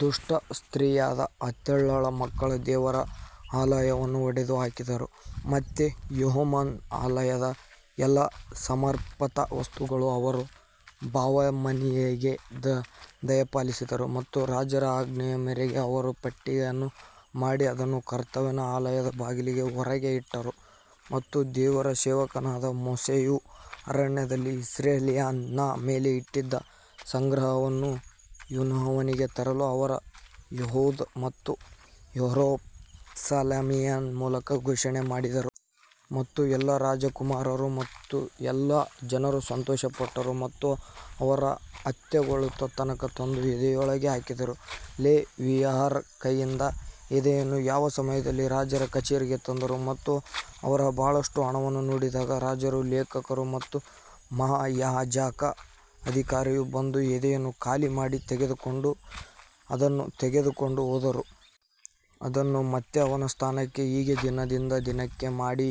ದುಷ್ಟ ಸ್ತ್ರೀಯಾದ ಅತಲ್ಯಳ ಮಕ್ಕಳು ದೇವರ ಆಲಯವನ್ನು ಒಡೆದು ಹಾಕಿದರು ಮತ್ತು ಯೆಹೋವನ ಆಲಯದ ಎಲ್ಲಾ ಸಮರ್ಪಿತ ವಸ್ತುಗಳನ್ನು ಅವರು ಬಾಲೀಮನಿಗೆ ದಯಪಾಲಿಸಿದರು. ಮತ್ತು ರಾಜರ ಆಜ್ಞೆಯ ಮೇರೆಗೆ ಅವರು ಪೆಟ್ಟಿಗೆಯನ್ನು ಮಾಡಿ ಅದನ್ನು ಕರ್ತನ ಆಲಯದ ಬಾಗಿಲಿನ ಹೊರಗೆ ಇಟ್ಟರು. ಮತ್ತು ದೇವರ ಸೇವಕನಾದ ಮೋಶೆಯು ಅರಣ್ಯದಲ್ಲಿ ಇಸ್ರಾಯೇಲ್ಯರ ಮೇಲೆ ಇಟ್ಟಿದ್ದ ಸಂಗ್ರಹವನ್ನು ಯೆಹೋವನಿಗೆ ತರಲು ಅವರು ಯೆಹೂದ ಮತ್ತು ಯೆರೂಸಲೇಮಿನ ಮೂಲಕ ಘೋಷಣೆ ಮಾಡಿದರು. ಮತ್ತು ಎಲ್ಲಾ ರಾಜಕುಮಾರರು ಮತ್ತು ಎಲ್ಲಾ ಜನರು ಸಂತೋಷಪಟ್ಟರು ಮತ್ತು ಅವರು ಅಂತ್ಯಗೊಳ್ಳುವ ತನಕ ತಂದು ಎದೆಯೊಳಗೆ ಹಾಕಿದರು. ಲೇವಿಯರ ಕೈಯಿಂದ ಎದೆಯನ್ನು ಯಾವ ಸಮಯದಲ್ಲಿ ರಾಜರ ಕಚೇರಿಗೆ ತಂದರು ಮತ್ತು ಅವರು ಬಹಳಷ್ಟು ಹಣವನ್ನು ನೋಡಿದಾಗ ರಾಜರ ಲೇಖಕರು ಮತ್ತು ಮಹಾಯಾಜಕ ಅಧಿಕಾರಿಯು ಬಂದು ಎದೆಯನ್ನು ಖಾಲಿ ಮಾಡಿ ತೆಗೆದುಕೊಂಡು ಅದನ್ನು ತೆಗೆದುಕೊಂಡು ಹೋದರು. ಅದನ್ನು ಮತ್ತೆ ಅವನ ಸ್ಥಳಕ್ಕೆ ಹೀಗೆ ದಿನದಿಂದ ದಿನಕ್ಕೆ ಮಾಡಿ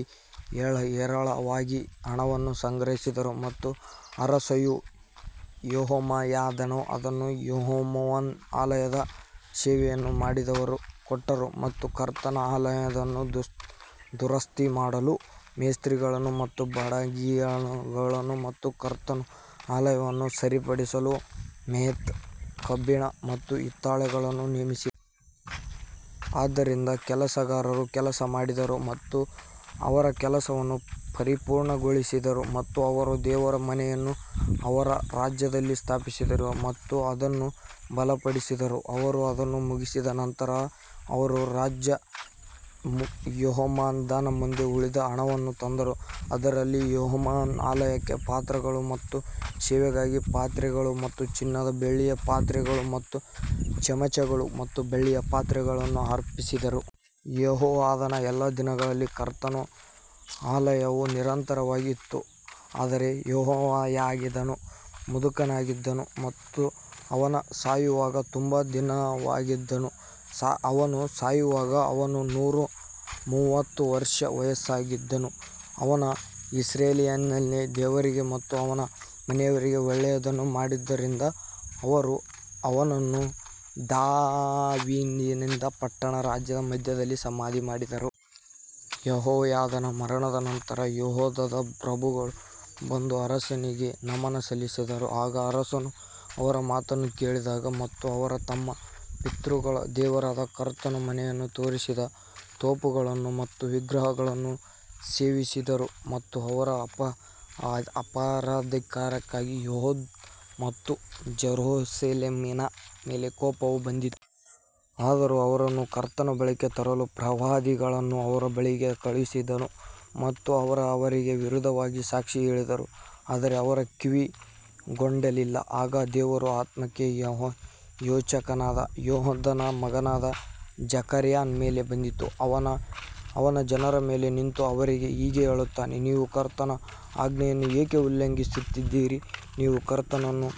ಹೇರಳವಾಗಿ ಹಣವನ್ನು ಸಂಗ್ರಹಿಸಿದರು ಮತ್ತು ಅರಸನೂ ಯೆಹೋಯಾದಾನೂ ಅದನ್ನು ಯೆಹೋವನ ಆಲಯದ ಸೇವೆಯನ್ನು ಮಾಡುವವರಿಗೆ ಕೊಟ್ಟರು ಮತ್ತು ಕರ್ತನ ಆಲಯವನ್ನು ದುರಸ್ತಿಮಾಡಲು ಮೇಸ್ತ್ರಿಗಳನ್ನು ಮತ್ತು ಬಡಗಿಗಳನ್ನು ಮತ್ತು ಕರ್ತನ ಆಲಯವನ್ನು ಸರಿಪಡಿಸಲು ಮೆತು ಕಬ್ಬಿಣ ಮತ್ತು ಹಿತ್ತಾಳೆಗಳನ್ನು ನೇಮಿಸಿದರು. ಆದ್ದರಿಂದ ಕೆಲಸಗಾರರು ಕೆಲಸ ಮಾಡಿದರು ಮತ್ತು ಅವರ ಕೆಲಸವನ್ನು ಪರಿಪೂರ್ಣಗೊಳಿಸಿದರು ಮತ್ತು ಅವರು ದೇವರ ಮನೆಯನ್ನು ಅವನ ರಾಜ್ಯದಲ್ಲಿ ಸ್ಥಾಪಿಸಿದರು ಮತ್ತು ಅದನ್ನು ಬಲಪಡಿಸಿದರು. ಅವರು ಅದನ್ನು ಮುಗಿಸಿದ ನಂತರ ಅವರು ರಾಜ ಮತ್ತು ಯೆಹೋಯಾದಾನ ಮುಂದೆ ಉಳಿದ ಹಣವನ್ನು ತಂದರು, ಅದರಲ್ಲಿ ಯೆಹೋವನ ಆಲಯಕ್ಕೆ ಪಾತ್ರೆಗಳು ಮತ್ತು ಸೇವೆಗಾಗಿ ಪಾತ್ರೆಗಳು ಮತ್ತು ಚಿನ್ನದ ಬೆಳ್ಳಿಯ ಪಾತ್ರೆಗಳು ಮತ್ತು ಚಮಚಗಳು ಮತ್ತು ಬೆಳ್ಳಿಯ ಪಾತ್ರೆಗಳನ್ನು ಅರ್ಪಿಸಿದರು. ಯೆಹೋಯಾದನ ಎಲ್ಲಾ ದಿನಗಳಲ್ಲಿ ಕರ್ತನ ಆಲಯವು ನಿರಂತರವಾಗಿ ಇತ್ತು ಆದರೆ ಯೆಹೋಯಾದನು ಮುದುಕನಾಗಿದ್ದನು ಮತ್ತು ಅವನು ಸಾಯುವಾಗ ತುಂಬ ದಿನವಾಗಿದ್ದನು, ಅವನು ಸಾಯುವಾಗ ಅವನು ನೂರ ಮೂವತ್ತು ವರ್ಷ ವಯಸ್ಸಿನವನಾಗಿದ್ದನು. ಅವನು ಇಸ್ರಾಯೇಲಿನಲ್ಲಿ ದೇವರಿಗೆ ಮತ್ತು ಅವನ ಮನೆಯವರಿಗೆ ಒಳ್ಳೆಯದನ್ನು ಮಾಡಿದ್ದರಿಂದ ಅವರು ಅವನನ್ನು ದಾವೀದನ ಪಟ್ಟಣದಲ್ಲಿ ರಾಜರ ಮಧ್ಯದಲ್ಲಿ ಸಮಾಧಿ ಮಾಡಿದರು. ಯೆಹೋಯಾದನ ಮರಣದ ನಂತರ ಯೆಹೂದದ ಪ್ರಭುಗಳು ಬಂದು ಅರಸನಿಗೆ ನಮನ ಸಲ್ಲಿಸಿದರು ಆಗ ಅರಸನು ಅವರ ಮಾತನ್ನು ಕೇಳಿದನು. ಮತ್ತು ಅವರು ತಮ್ಮ ಪಿತೃಗಳ ದೇವರಾದ ಕರ್ತನ ಮನೆಯನ್ನು ತೊರೆದು ತೋಪುಗಳನ್ನು ಮತ್ತು ವಿಗ್ರಹಗಳನ್ನು ಸೇವಿಸಿದರು ಮತ್ತು ಅವರ ಅಪರಾಧಕ್ಕಾಗಿ ಯೆಹೂದ ಮತ್ತು ಜೆರುಸಲೇಮಿನ ಮೇಲೆ ಕೋಪವು ಬಂದಿತು. ಆದರೂ ಅವರನ್ನು ಕರ್ತನ ಬಳಿಗೆ ತರಲು ಪ್ರವಾದಿಗಳನ್ನು ಅವರ ಬಳಿಗೆ ಕಳುಹಿಸಿದನು ಮತ್ತು ಅವರು ಅವರಿಗೆ ವಿರುದ್ಧವಾಗಿ ಸಾಕ್ಷಿ ಹೇಳಿದರು ಆದರೆ ಅವರು ಕಿವಿಗೊಡಲಿಲ್ಲ. ಆಗ ದೇವರ ಆತ್ಮವು ಯಾಜಕನಾದ ಯೆಹೋಯಾದನ ಮಗನಾದ ಜೆಕರೀಯನ ಮೇಲೆ ಬಂದಿತು, ಅವನು ಜನರ ಮೇಲೆ ನಿಂತು ಅವರಿಗೆ ಹೀಗೆ ಹೇಳುತ್ತಾನೆ ನೀವು ಕರ್ತನ ಆಜ್ಞೆಗಳನ್ನು ಏಕೆ ಉಲ್ಲಂಘಿಸುತ್ತೀರಿ, ನೀವು ಕರ್ತನನ್ನು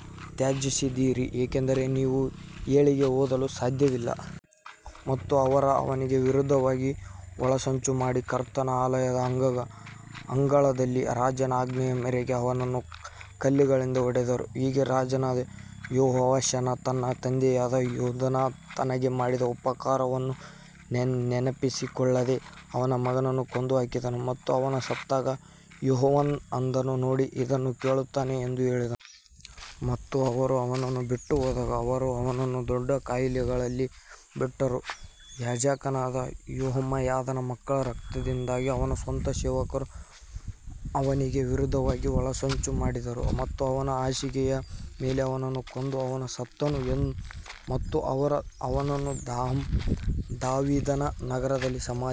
ತ್ಯಜಿಸಿದ್ದೀರಿ, ಏಕೆಂದರೆ ನೀವು ಏಳಿಗೆ ಹೊಂದಲು ಸಾಧ್ಯವಿಲ್ಲ. ಮತ್ತು ಅವರು ಅವನಿಗೆ ವಿರುದ್ಧವಾಗಿ ಒಳಸಂಚು ಮಾಡಿ ಕರ್ತನ ಆಲಯದ ಅಂಗಳದಲ್ಲಿ ರಾಜನ ಆಜ್ಞೆಯ ಮೇರೆಗೆ ಅವನನ್ನು ಕಲ್ಲುಗಳಿಂದ ಹೊಡೆದರು. ಹೀಗೆ ರಾಜನಾದ ಯೋವಾಷನು ತನ್ನ ತಂದೆಯಾದ ಯೆಹೋಯಾದನು ತನಗೆ ಮಾಡಿದ ಉಪಕಾರವನ್ನು ನೆನಪಿಸಿಕೊಳ್ಳದೆ ಅವನ ಮಗನನ್ನು ಕೊಂದುಹಾಕಿದನು ಮತ್ತು ಅವನು ಸತ್ತಾಗ ಯೆಹೋವನು ಅದನ್ನು ನೋಡಿ ಅದನ್ನು ಕೇಳುತ್ತಾನೆ ಎಂದು ಹೇಳಿದನು. ಮತ್ತು ಅವರು ಅವನನ್ನು ಬಿಟ್ಟು ಹೋದಾಗ ಅವರು ಅವನನ್ನು ದೊಡ್ಡ ಕಾಯಿಲೆಗಳಲ್ಲಿ ಬಿಟ್ಟರು, ಯಾಜಕನಾದ ಯೆಹೋಯಾದನ ಮಕ್ಕಳ ರಕ್ತಕ್ಕಾಗಿ ಅವನ ಸ್ವಂತ ಸೇವಕರು ಅವನಿಗೆ ವಿರುದ್ಧವಾಗಿ ಒಳಸಂಚು ಮಾಡಿದರು ಮತ್ತು ಅವನ ಹಾಸಿಗೆಯ ಮೇಲೆ ಅವನನ್ನು ಕೊಂದು ಅವನು ಸತ್ತನು ಮತ್ತು ಅವರು ಅವನನ್ನು ದಾವೀದನ ನಗರದಲ್ಲಿ ಸಮಾಧಿ ಮಾಡಿದರು.